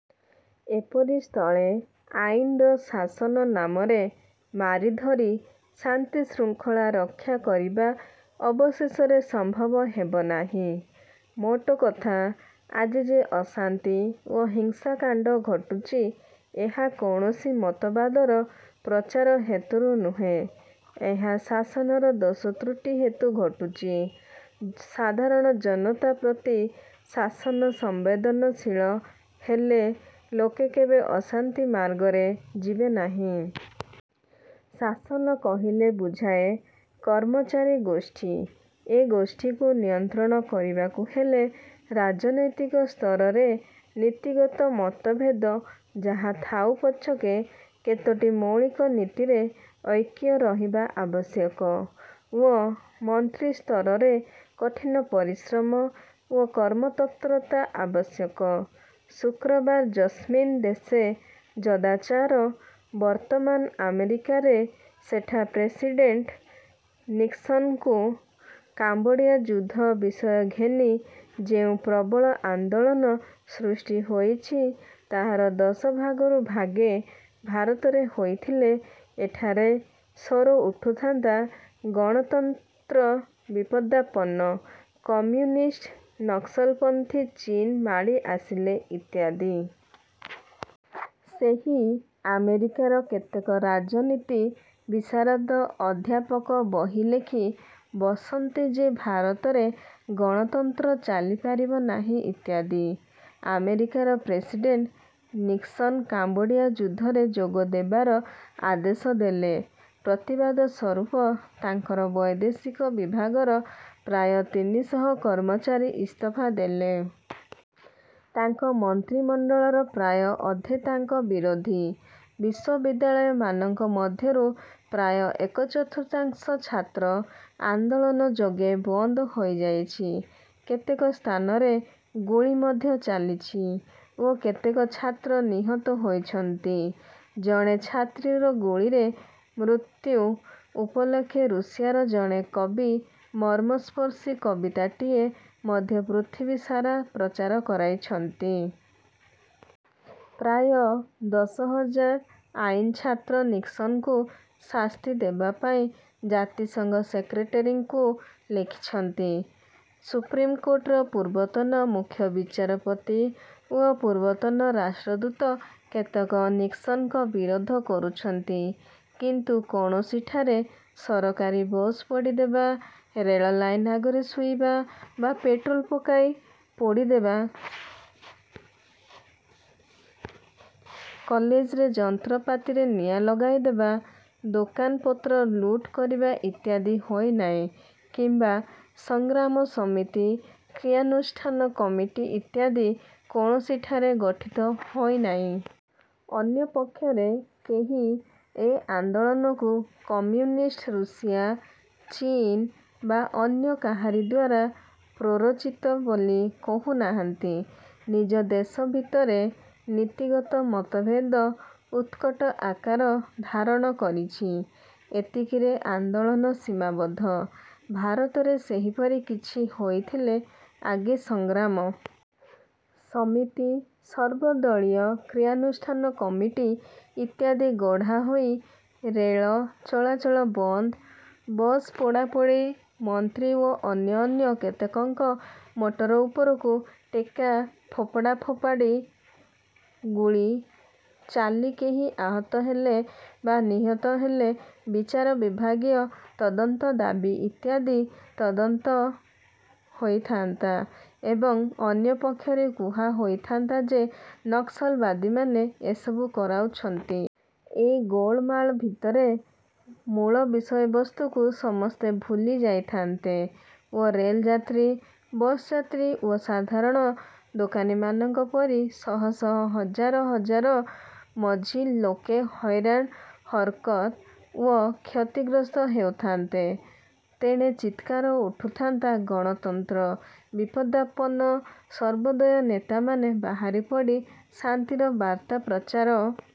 ଏପରି ସ୍ଥଳେ ଆଇନର ଶାସନ ନାମରେ ମାରିଧରି ଶାନ୍ତିଶୃଙ୍ଖଳା ରକ୍ଷାକରିବା ଅବଶେଷରେ ସମ୍ଭବ ହେବ ନାହିଁ। ମୋଟକଥା ଆଜି ଯେ ଅଶାନ୍ତି ଓ ହିସାଂକାଣ୍ଡ ଘଟୁଛି, ଏହା କୌଣସି ମତବାଦର ପ୍ରଚାର ହେତୁରୁ ନୁହେଁ। ଏହା ଶାସନର ଦୋଷ ତ୍ରୁଟି ହେତୁ ଘଟୁଛି। ସାଧାରଣ ଜନତା ପ୍ରତି ଶାସନ ସମ୍ବେଦନଶୀଳ ହେଲେ ଲୋକେ କେବେ ଅଶାନ୍ତି ମାର୍ଗରେ ଯିବେନାହିଁ। ଶାସନ କହିଲେ ବୁଝାଏ, କର୍ମଚାରୀ-ଗୋଷ୍ଠୀ। ଏ ଗୋଷ୍ଠୀକୁ ନିୟନ୍ତ୍ରଣ କରିବାକୁ ହେଲେ ରାଜନୈତିକ ସ୍ତରରେ ନୀତିଗତ ମତଭେଦ ଯାହା ଥାଉ ପଛକେ କେତୋଟି ମୌଳିକ ନୀତିରେ ଐକ୍ୟ ରହିବା ଆବଶ୍ୟକ ଓ ମନ୍ତ୍ରିସ୍ତରରେ କଠିନ ପରିଶ୍ରମ ଓ କର୍ମ ତତ୍ପରତା ଆବଶ୍ୟକ। ଶୁକ୍ରବାର ଯସ୍ମିନ୍ ଦେଶେ ଯଦାଚାର ବର୍ତ୍ତମାନ ଆମେରିକାରେ ସେଠା ପ୍ରେସିଡ଼େଣ୍ଟ ନିକସନ୍ଙ୍କ କାମ୍ବୋଡ଼ିଆ ଯୁଦ୍ଧ ବିଷୟ ଘେନି ଯେଉଁ ପ୍ରବଳ ଆନ୍ଦୋଳନ ସୃଷ୍ଟିହୋଇଛି, ତାହାର ଦଶଭାଗରୁ ଭାଗେ ଭାରତରେ ହୋଇଥିଲେ ଏଠାରେ ସ୍ୱର ଉଠୁଥାନ୍ତା ''ଗଣତନ୍ତ୍ର ବିପଦାପନ୍ନ- କମ୍ୟୁନିଷ୍ଟ, ନକ୍ସଲପନ୍ଥୀ-ଚୀନ ମାଡ଼ି ଆସିଲେ'' ଇତ୍ୟାଦି। ସେହି ଆମେରିକାର କେତେକ ରାଜନୀତି ବିଶାରଦ ଅଧ୍ୟାପକ ବହି ଲେଖି ବସନ୍ତେ ଯେ ଭାରତରେ ଗଣତନ୍ତ୍ର ଚାଲିପାରିବ ନାହିଁ ଇତ୍ୟାଦି। ଆମେରିକାର ପ୍ରେସିଡ଼େଣ୍ଟ ନିକସନ କାମ୍ବୋଡ଼ିଆ ଯୁଦ୍ଧରେ ଯୋଗ ଦେବାର ଆଦେଶ ଦେଲେ। ପ୍ରତିବାଦ ସ୍ୱରୂପ ତାଙ୍କର ବୈଦେଶିକ ବିଭାଗର ପ୍ରାୟ ତିନିଶହ କର୍ମଚାରୀ ଇସ୍ତଫା ଦେଲେ। ତାଙ୍କ ମନ୍ତ୍ରିମଣ୍ଡଳର ପ୍ରାୟ ଅଧେ ତାଙ୍କ ବିରୋଧୀ। ବିଶ୍ୱବିଦ୍ୟାଳୟମାନଙ୍କ ମଧ୍ୟରୁ ପ୍ରାୟ ଏକ ଚତୁର୍ଥାଂଶ ଛାତ୍ର ଆନ୍ଦୋଳନ ଯୋଗେ ବନ୍ଦ ହୋଇ ଯାଇଛି। କେତେକ ସ୍ଥାନରେ ଗୁଳି ମଧ୍ୟ ଚାଲିଛି ଓ କେତେକ ଛାତ୍ର ନିହତ ହୋଇଛନ୍ତି। ଜଣେ ଛାତ୍ରୀର ଗୁଳିରେ ମୃତ୍ୟୁ ଉପଲକ୍ଷେ ରୁଷିଆର ଜଣେ କବି ମର୍ମସ୍ପର୍ଶୀ କବିତାଟିଏ ମଧ୍ୟ ପୃଥିବୀ ସାରା ପ୍ରଚାର କରାଇଛନ୍ତି। ପ୍ରାୟ ଦଶ ହଜାର ଆଇନ ଛାତ୍ର ନିକସନ୍ଙ୍କୁ ଶାସ୍ତି ଦେବାପାଇଁ ଜାତିସଂଘ ସେକ୍ରେଟେରୀଙ୍କୁ ଲେଖିଛନ୍ତି। ସୁପ୍ରୀମ କୋର୍ଟର ପୂର୍ବତନ ମୁଖ୍ୟ ବିଚାରପତି ଓ ପୂର୍ବତନ ରାଷ୍ଟ୍ରଦୂତ କେତେକ ନିକସନ୍ଙ୍କ ବିରୋଧ କରୁଛନ୍ତି; କିନ୍ତୁ କୌଣସିଠାରେ ସରକାରୀ ବସ ପୋଡ଼ିଦେବା, ରେଲ ଲାଇନ ଆଗରେ ଶୋଇବା ବା ପେଟ୍ରୋଲ ପକାଇ ପୋଡ଼ିଦେବା, କଲେଜରେ ଯନ୍ତ୍ରପାତିରେ ନିଆଁ ଲଗାଇଦେବା, ଦୋକାନ ପତ୍ର ଲୁଟ କରିବା ଇତ୍ୟାଦି ହୋଇନାହିଁ କିମ୍ବା 'ସଂଗ୍ରାମ ସମିତି', କ୍ରିୟାନୁଷ୍ଠାନ କମିଟି' ଇତ୍ୟାଦି କୌଣସିଠାରେ ଗଠିତ ହୋଇନାହିଁ। ଅନ୍ୟ ପକ୍ଷରେ କେହି ଏ ଆନ୍ଦୋଳନକୁ କମ୍ୟୁନିଷ୍ଟ ରୁଷିଆ, ଚୀନ ବା ଅନ୍ୟ କାହାରିଦ୍ୱାରା ପ୍ରରୋଚିତ ବୋଲି କହୁ ନାହାନ୍ତି। ନିଜ ଦେଶ ଭିତରେ ନୀତିଗତ ମତଭେଦ ଉତ୍କଟ ଆକାର ଧାରଣ କରିଛି- ଏତିକିରେ ଆନ୍ଦୋଳନ ସୀମାବଦ୍ଧ। ଭାରତରେ ସେହିପରି କିଛି ହୋଇଥିଲେ ଆଗେ 'ସଂଗ୍ରାମ ସମିତି' 'ସର୍ବଦଳୀୟ କ୍ରିୟାନୁଷ୍ଠାନ କମିଟି' ଇତ୍ୟାଦି ଗଢ଼ାହୋଇ ରେଲ ଚଳାଚଳ ବନ୍ଦ, ବସ ପୋଡ଼ାପୋଡ଼ି, ମନ୍ତ୍ରୀ ଓ ଅନ୍ୟ ଅନ୍ୟ କେତେକଙ୍କ ମଟର ଉପରକୁ ଟେକା ଫୋପଡ଼ା ଫୋପାଡ଼ି, ଗୁଳି ଚାଲି କେହି ଆହତ ହେଲେ ବା ନିହତ ହେଲେ ବିଚାର ବିଭାଗୀୟ ତଦନ୍ତ ଦାବି ଇତ୍ୟାଦି ତଦନ୍ତ ହୋଇଥାନ୍ତା ଏବଂ ଅନ୍ୟ ପକ୍ଷରେ କୁହା ହୋଇଥାନ୍ତା ଯେ ନକ୍ସଲବାଦୀମାନେ ଏସବୁ କରାଉଛନ୍ତି। ଏ ଗୋଳମାଳ ଭିତରେ ମୂଳ ବିଷୟବସ୍ତୁକୁ ସମସ୍ତେ ଭୁଲି ଯାଇଥାନ୍ତେ ଓ ରେଲଯାତ୍ରୀ, ବସଯାତ୍ରୀ ଓ ସାଧାରଣ ଦୋକାନୀମାନଙ୍କ ପରି ଶହ ଶହ ହଜାର ହଜାର ମଝି ଲୋକେ ହଇରାଣ ହରକତ ଓ କ୍ଷତିଗ୍ରସ୍ତ ହେଉଥାନ୍ତେ। ତେଣେ ଚିତ୍କାର ଉଠୁଥାନ୍ତା 'ଗଣତନ୍ତ୍ର। ବିପଦାପନ୍ନ' ସର୍ବୋଦୟ ନେତାମାନେ ବାହାରିପଡ଼ି ଶାନ୍ତିର ବାର୍ତ୍ତା ପ୍ରଚାର